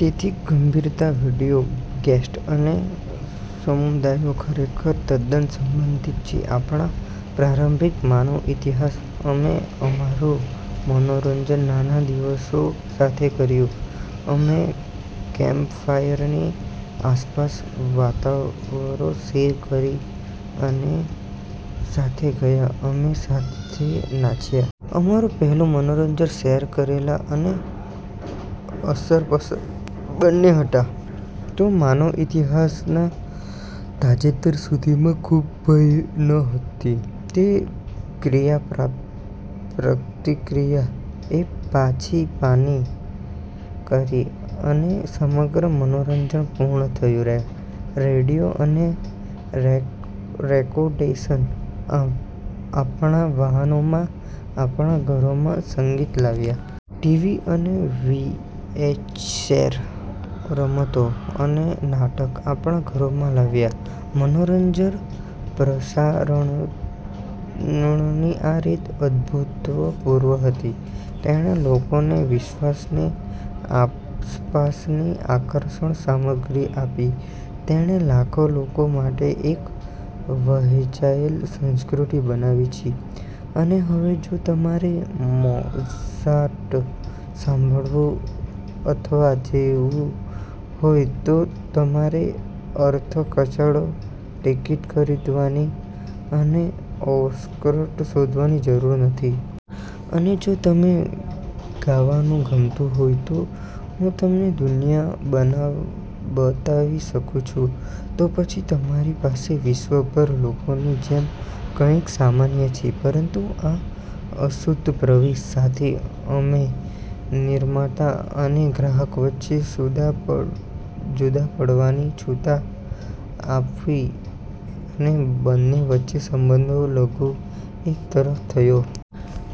તેથી ગંભીરતામાં video guest અને સમુદાયો ખરેખર તદ્દન સંબંધિત છે. આપણા પ્રારંભિક માનવ ઇતિહાસથી અમે અમારું મનોરંજન નાના આદિવાસીઓ સાથે કર્યું. અમે કેમ્પફાયરની આસપાસ વાર્તાઓ શેર કરી, અમે સાથે ગાયાં, અમે સાથે નાચ્યાં. અમારું પહેલું મનોરંજન શેર કરેલા અને અસરપસર બંને હતા. તે માનવ ઇતિહાસના તાજેતર સુધીમાં ખૂબ ભવ્ય ન હતી. તે ક્રિયાપ્રતિક્રિયા એ પાછીપાની કરી અને સમગ્ર મનોરંજન પૂર્ણ થયું. રેડિયો અને રેકોર્ડ્સ આપણા વાહનોમાં, આપણા ઘરોમાં સંગીત લાવ્યા. ટીવી અને વીએચએસ રમતો અને નાટક આપણા ઘરોમાં લાવ્યા. મનોરંજન પ્રસારણની આ રીત અભૂતપૂર્વ હતી. તેણે લોકોને વિશ્વાસની આસપાસની આકર્ષક સામગ્રી આપી. તેણે લાખો લોકો માટે એક વહેંચાયેલ સંસ્કૃતિ બનાવી છે. અને હવે, જો તમારે મોઝાર્ટ સાંભળવું અથવા જોવું હોય તો તમારે અતિખર્ચાળ ટિકિટ ખરીદવાની અને ઓર્કેસ્ટ્રા શોધવાની જરૂર નથી. અને જો તમને ગાવાનું ગમતું હોય તો હું તમને દુનિયા બતાવી શકું છું તો પછી તમારી પાસે વિશ્વભરના લોકોની જેમ કંઈક સામાન્ય છે. પરંતુ આ અદ્ભુત પ્રવેશ સાથે અમે નિર્માતા અને ગ્રાહક વચ્ચે જુદા પડવાની છૂટ આપી, અને બંને વચ્ચેનો સંબંધ વધુ એક તરફી થયો.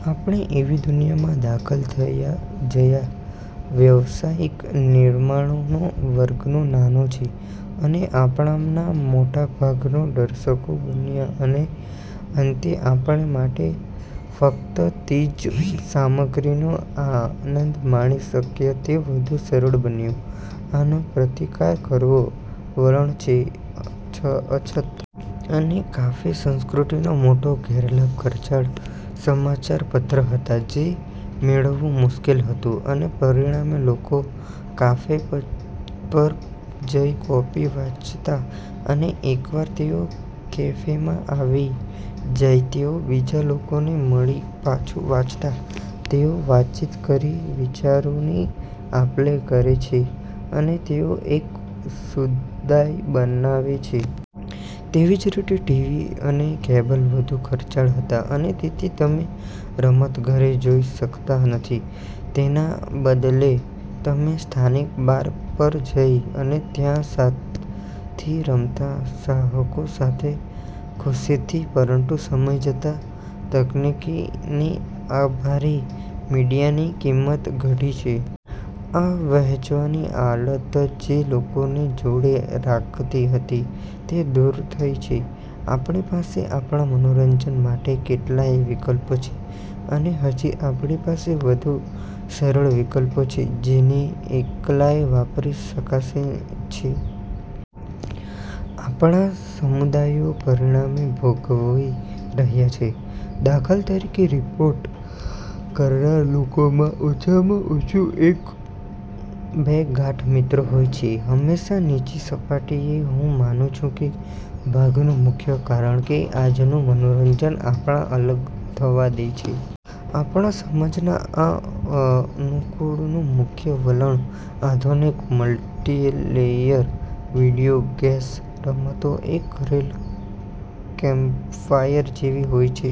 આપણે એવી દુનિયામાં દાખલ થયાં જ્યાં વ્યાવસાયિક નિર્માતાઓનો વર્ગ નાનો છે. અને આપણામાંના મોટા ભાગના દર્શકો બન્યા અને અંતે આપણા માટે ફક્ત તે જ સામગ્રીનો આનંદ માણી શકાય તે વધુ સરળ બન્યું. આનો પ્રતિકાર કરવાનો વલણ છે: અછત. અને કાફે સંસ્કૃતિનો મોટો ગેરલાભ ખર્ચાળ સમાચારપત્ર હતા જે મેળવવું મુશ્કેલ હતું, અને પરિણામે, લોકો કાફે પર જઈ કોપી વાંચતા અને એકવાર તેઓ કેફેમાં આવી જાય, તેઓ બીજા લોકોને મળી છાપું વાંચતા. તેઓ વાતચીત કરી વિચારોની આપલે કરે છે અને તેઓ એક સમુદાય બનાવે છે. તેવી જ રીતે ટીવી અને કેબલ વધુ ખર્ચાળ હતા અને તેથી તમે રમત ઘરે જોઈ શકતા નથી. તેના બદલે તમે સ્થાનિક બાર પર જઈ અને ત્યાં સાથી રમતના ચાહકો સાથે ખુશીથી પરંતું સમય જતા તકનીકીને આભારે મીડિયાની કિંમત ઘટી છે. આ વહેંચવાની આવડત જે લોકોને જોડે રાખતી હતી તે દૂર થઈ છે. આપણી પાસે આપણા મનોરંજન માટે કેટલાય વિકલ્પો છે અને હજી આપણી પાસે વધુ સરળ વિકલ્પો છે જેને એકલા વાપરી શકીએ છે. આપણા સમુદાયો પરિણામ ભોગવી રહ્યા છે. દાખલા તરીકે, રિપોર્ટ કરનારા લોકોમા ઓછામાં ઓછા બે ગાઢ મિત્રો હોય છે. હંમેશની નીચી સપાટીએ છે. હું માનું છું કે ભાગનું મુખ્ય કારણ કે આજનુ મનોરંજન આપણને અલગ થવા દે છે. આપણા સમાજના આ અનુકરણનું મુખ્ય વલણ: આધુનિક મલ્ટિપ્લેયર વિડિઓ ગેમ્સ. રમતો શેર કરેલા કેમ્પફાયર જેવી હોય છે.